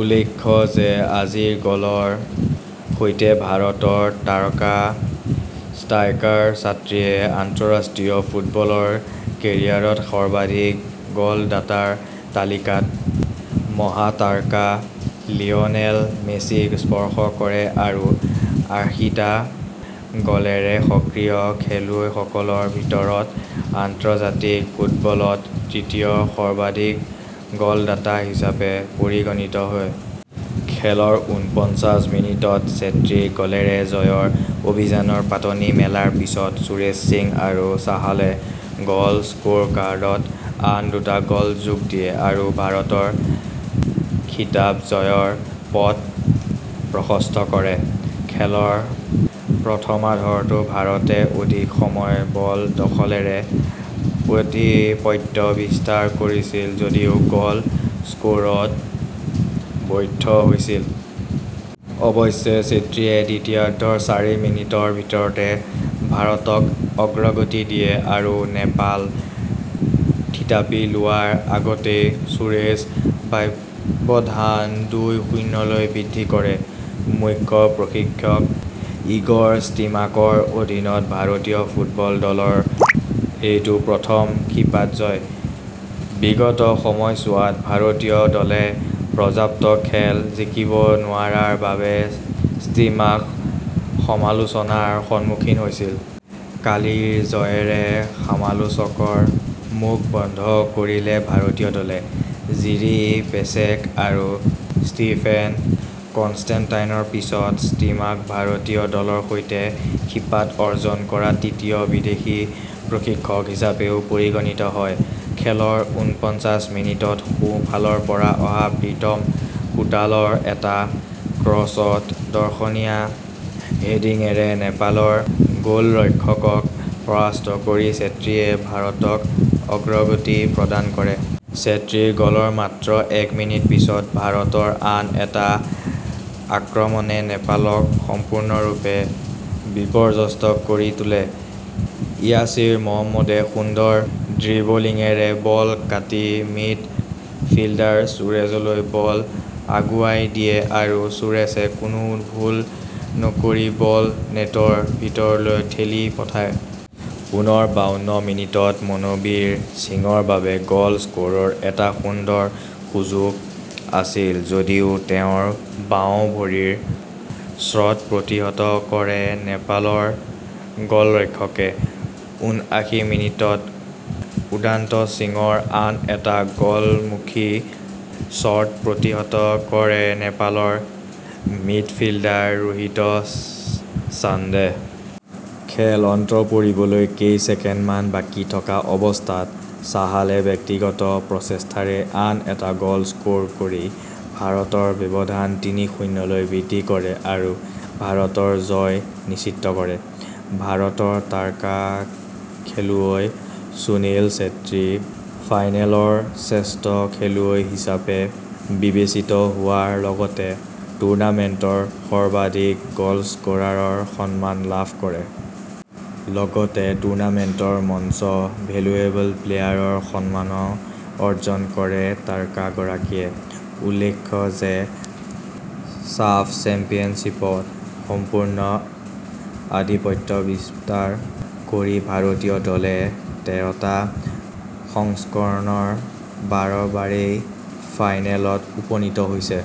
​উল্লেখ্য যে আজিৰ গ'লৰ সৈতে ভাৰতৰ তাৰকা ষ্ট্ৰাইকাৰ ছেত্ৰীয়ে আন্তঃৰাষ্ট্ৰীয় ফুটবলৰ কেৰিয়াৰত সৰ্বাধিক গ'লদাতাৰ তালিকাত মহাতাৰকা লিঅনেল মেছিক স্পৰ্শ কৰে আৰু আশীটা গ'লেৰে সক্ৰিয় খেলুৱৈসকলৰ ভিতৰত আন্তৰ্জাতিক ফুটবলত দ্বিতীয় সৰ্বাধিক গ'লদাতা হিচাপে পৰিগণিত হয়। খেলৰ উনপঞ্চাশ মিনিটত ছেত্ৰীৰ গ'লেৰে জয়ৰ অভিযানৰ পাতনি মেলাৰ পিছত সুৰেশ সিং আৰু চাহালে গ'ল স্ক'ৰকাৰ্ডত আন দুটা গ'ল যোগ দিয়ে আৰু ভাৰতৰ খিতাপ জয়ৰ পথ প্ৰশস্ত কৰে। খেলৰ প্ৰথমাৰ্ধতো ভাৰতে অধিক সময় বল দখলেৰে আধিপত্য বিস্তাৰ কৰিছিল যদিও গ'ল স্ক'ৰত ব্যৰ্থ হৈছিল। অৱশ্যে ছেত্ৰীয়ে দ্বিতীয়াৰ্ধৰ চাৰি মিনিটৰ ভিতৰতে ভাৰতক অগ্ৰগতি দিয়ে আৰু নেপাল থিতাপি লোৱাৰ আগতেই সুৰেশে ব্যৱধান দুই-শূন্যলৈ বৃদ্ধি কৰে। মুখ্য প্ৰশিক্ষক ইগৰ ষ্টিমাকৰ অধীনত ভাৰতীয় ফুটবল দলৰ এইটো প্ৰথম খিতাপ জয়। বিগত সময়ছোৱাত ভাৰতীয় দলে পৰ্যাপ্ত খেল জিকিব নোৱাৰাৰ বাবে ষ্টিমাক সমালোচনাৰ সন্মুখীন হৈছিল। কালিৰ জয়েৰে সমালোচকৰ মুখ বন্ধ কৰিলে ভাৰতীয় দলে। জিৰি পেছেক আৰু ষ্টিফেন কন্সটেণ্টাইনৰ পিছত ষ্টিমাক ভাৰতীয় দলৰ সৈতে খিতাপ অৰ্জন কৰা তৃতীয় বিদেশী প্ৰশিক্ষক হিচাপেও পৰিগণিত হয়। খেলৰ উনপঞ্চাশ মিনিটত সোঁ ফালৰ পৰা অহা প্ৰীতম কোটালৰ এটা ক্ৰছত দৰ্শনীয় হেডিঙেৰে নেপালৰ গ'লৰক্ষকক পৰাস্ত কৰি ছেত্ৰীয়ে ভাৰতক অগ্ৰগতি প্ৰদান কৰে। ছেত্ৰীৰ গ'লৰ মাত্ৰ এক মিনিট পিছত ভাৰতৰ আন এটা আক্ৰমণে নেপালক সম্পূৰ্ণৰূপে বিপৰ্যস্ত কৰি তোলে। ইয়াছিৰ মহম্মদে সুন্দৰ ড্ৰিবলিঙেৰে বল কাটি মিড ফিল্ডাৰ সুৰেশলৈ বল আগুৱাই দিয়ে আৰু সুৰেশে কোনো ভুল নকৰি বল নেটৰ ভিতৰলৈ ঠেলি পঠায়। পুনৰ বাৱন্ন মিনিটত মনবীৰ সিঙৰ বাবে গ'ল স্ক'ৰৰ এটা সুন্দৰ সুযোগ আছিল যদিও তেওঁৰ বাওঁ ভৰিৰ শ্বট প্ৰতিহত কৰে নেপালৰ গ'লৰক্ষকে। উনআশী মিনিটত উদান্ত সিঙৰ আন এটা গ'লমূখী শ্বট প্ৰতিহত কৰে নেপালৰ মিডফিল্ডাৰ ৰোহিত চান্দে। খেল অন্ত পৰিবলৈ কেই ছেকেণ্ডমান বাকী থকা অৱস্থাত চাহালে ব্যক্তিগত প্ৰচেষ্টাৰেই আন এটা গ'ল স্ক'ৰ কৰি ভাৰতৰ ব্যৱধান তিনি-শূন্যলৈ বৃদ্ধি কৰে আৰু ভাৰতৰ জয় নিশ্চিত কৰে। ভাৰতৰ তাৰকা খেলুৱৈ সুনীল ছেত্ৰী ফাইনেলৰ শ্ৰেষ্ঠ খেলুৱৈ হিচাপে বিবেচিত হোৱাৰ লগতে টুৰ্নামেণ্টৰ সৰ্বাধিক গ'লস্ক'ৰাৰৰ সন্মান লাভ কৰে। লগতে টুৰ্নামেণ্টৰ মষ্ট ভেলুৱেবল প্লেয়াৰৰ সন্মানো অৰ্জন কৰে তাৰকাগৰাকীয়ে। উল্লেখ্য যে ছাফ চেম্পিয়নশ্বিপত সম্পূৰ্ণ আধিপত্য বিস্তাৰ কৰি ভাৰতীয় দলে তেৰটা সংস্কৰণৰ বাৰবাৰেই ফাইনেলত উপনীত হৈছে।